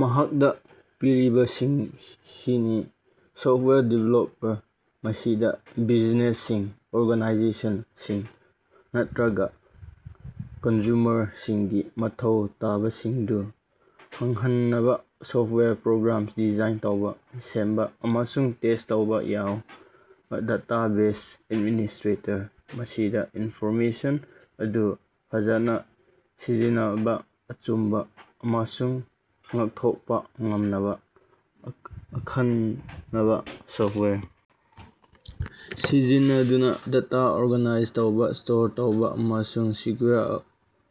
ꯃꯈꯥꯗ ꯄꯤꯔꯤꯕꯁꯤꯡꯁꯤꯅꯤ: software developer: ꯃꯁꯤꯗ ꯕꯤꯖꯤꯅꯦꯁꯁꯤꯡ, ꯑꯣꯔꯒꯥꯅꯥꯏꯖꯦꯁꯟꯁꯤꯡ ꯅꯠꯇ꯭ꯔꯒ ꯀꯟꯖꯨꯃꯔꯁꯤꯡꯒꯤ ꯃꯊꯧ ꯇꯥꯕꯁꯤꯡꯗꯨ ꯐꯪꯍꯟꯅꯕ ꯁꯣꯐꯇꯋꯦꯌꯔ ꯄ꯭ꯔꯣꯒ꯭ꯔꯥꯝꯁꯤꯡ ꯗꯤꯖꯥꯏꯟ ꯇꯧꯕ, ꯁꯦꯝꯕ ꯑꯃꯁꯨꯡ ꯇꯦꯁ꯭ꯠ ꯇꯧꯕ ꯌꯥꯎꯏ꯫ ꯗꯦꯇꯥꯕꯦꯖ ꯑꯦꯗꯃꯤꯅꯤꯁ꯭ꯇꯔꯦꯇꯔ: ꯃꯁꯤꯗ ꯏꯅꯐꯣꯔꯃꯦꯁꯟ ꯑꯗꯨ ꯐꯖꯅ ꯁꯤꯖꯤꯟꯅꯕ, ꯑꯆꯨꯝꯕ ꯑꯃꯁꯨꯡ ꯉꯥꯛꯊꯣꯛꯄ ꯉꯝꯅꯕ ꯑꯈꯟꯅꯕ ꯁꯣꯐꯇꯋꯦꯌꯔ ꯁꯤꯖꯤꯟꯅꯗꯨꯅ ꯗꯦꯇꯥ ꯑꯣꯔꯒꯥꯅꯥꯏꯖ ꯇꯧꯕ, ꯁ꯭ꯇꯣꯔ ꯇꯧꯕ ꯑꯃꯁꯨꯡ ꯁꯦꯛꯌꯨꯑꯣꯔ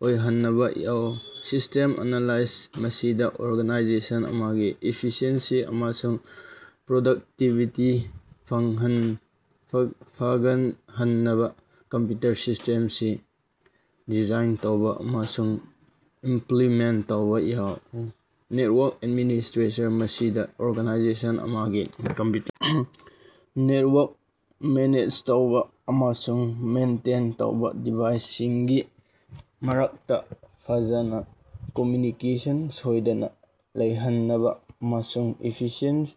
ꯑꯣꯏꯍꯟꯕ ꯌꯥꯎꯏ꯫ ꯁꯤꯁ꯭ꯇꯦꯝ ꯑꯦꯅꯥꯂꯥꯏꯇꯤꯛ: ꯃꯁꯤꯗ ꯑꯣꯔꯒꯅꯥꯏꯖꯦꯁꯟ ꯑꯃꯒꯤ ꯏꯐꯤꯁꯤꯑꯦꯟꯁꯤ ꯑꯃꯁꯨꯡ ꯄ꯭ꯔꯗꯛꯇꯤꯕꯤꯇꯤ ꯐꯒꯠꯍꯟꯅꯕ ꯀꯝꯄ꯭ꯌꯨꯇꯔ ꯁꯤꯁ꯭ꯇꯦꯝꯁꯤꯡ ꯗꯤꯖꯥꯏꯟ ꯇꯧꯕ ꯑꯃꯁꯨꯡ ꯏꯝꯄ꯭ꯂꯤꯃꯦꯟꯇ ꯇꯧꯕ ꯌꯥꯎꯏ꯫ ꯅꯦꯇꯋꯥꯔꯛ ꯑꯦꯗꯃꯤꯅꯤꯁ꯭ꯠꯔꯦꯇꯔ: ꯃꯁꯤꯗ ꯑꯣꯔꯒꯥꯅꯥꯏꯖꯦꯁꯟ ꯑꯃꯒꯤ ꯀꯝꯞꯌꯨꯇꯔ ꯅꯦꯇꯋꯥꯔꯛ ꯃꯦꯅꯦꯖ ꯇꯧꯕ ꯑꯃꯁꯨꯡ ꯃꯦꯟꯇꯦꯟ ꯇꯧꯕ ꯗꯤꯚꯥꯏꯁꯁꯤꯡꯒꯤ ꯃꯔꯛꯇ ꯐꯖꯅ ꯀꯝꯃꯌꯨꯅꯤꯀꯦꯁꯟ ꯁꯣꯏꯗꯅ ꯂꯩꯍꯟꯅꯕ ꯑꯃꯁꯨꯡ ꯏꯐꯤꯁꯤꯑꯦꯟꯠ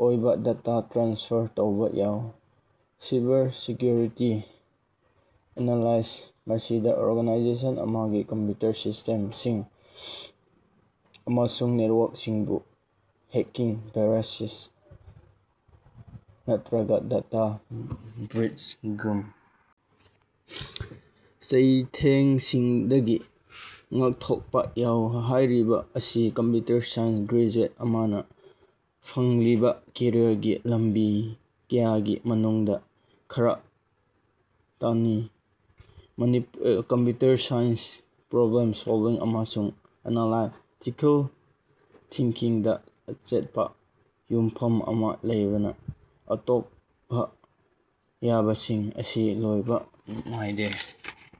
ꯑꯣꯏꯕ ꯗꯦꯇꯥ ꯇ꯭ꯔꯥꯟꯁꯐꯔ ꯇꯧꯕ ꯌꯥꯎꯏ꯫ ꯁꯥꯏꯕꯔꯁꯦꯛꯌꯨꯔꯤꯇꯤ ꯑꯦꯅꯥꯂꯥꯏ: ꯃꯁꯤꯗ ꯑꯣꯔꯒꯥꯅꯥꯏꯖꯦꯁꯟ ꯑꯃꯒꯤ ꯀꯝꯞꯌꯨꯇꯔ ꯁꯤꯁ꯭ꯇꯦꯝꯁꯤꯡ ꯑꯃꯁꯨꯡ ꯅꯦꯇꯋꯥꯔꯛꯁꯤꯡꯕꯨ ꯍꯦꯛꯀꯤꯡ, ꯚꯥꯏꯔꯁ, ꯅꯠꯇ꯭ꯔꯒꯥ ꯗꯦꯇꯥ ꯕ꯭ꯔꯤꯆꯒꯨꯝ ꯆꯩꯊꯦꯡꯁꯤꯡꯗꯒꯤ ꯉꯥꯛꯊꯣꯛꯄ ꯌꯥꯎꯏ꯫ ꯍꯥꯏꯔꯤꯕ ꯑꯁꯤ ꯀꯝꯄ꯭ꯌꯨꯇꯔ ꯁꯥꯏꯟꯁ ꯒ꯭ꯔꯦꯖꯨꯑꯦꯠ ꯑꯃꯅ ꯐꯪꯂꯤꯕ ꯀꯦꯔꯤꯌꯔꯒꯤ ꯂꯝꯕꯤ ꯀꯌꯥꯒꯤ ꯃꯅꯨꯡꯗ ꯈꯔꯈꯛꯇꯅꯤ꯫ ꯀꯝꯞꯌꯨꯇꯔ ꯁꯥꯏꯟꯁ, ꯄ꯭ꯔꯣꯕ꯭ꯂꯦꯝ ꯁꯣꯜꯕꯤꯡ, ꯑꯃꯁꯨꯡ ꯑꯦꯅꯥꯂꯥꯏꯇꯤꯀꯦꯜ ꯊꯤꯡꯀꯤꯡꯗ ꯑꯆꯦꯠꯄ ꯌꯨꯝꯐꯝ ꯑꯃ ꯂꯩꯕꯅ ꯑꯇꯣꯞꯄ ꯌꯥꯕꯁꯤꯡ ꯑꯁꯤ ꯂꯣꯏꯕ ꯅꯥꯏꯗꯦ꯫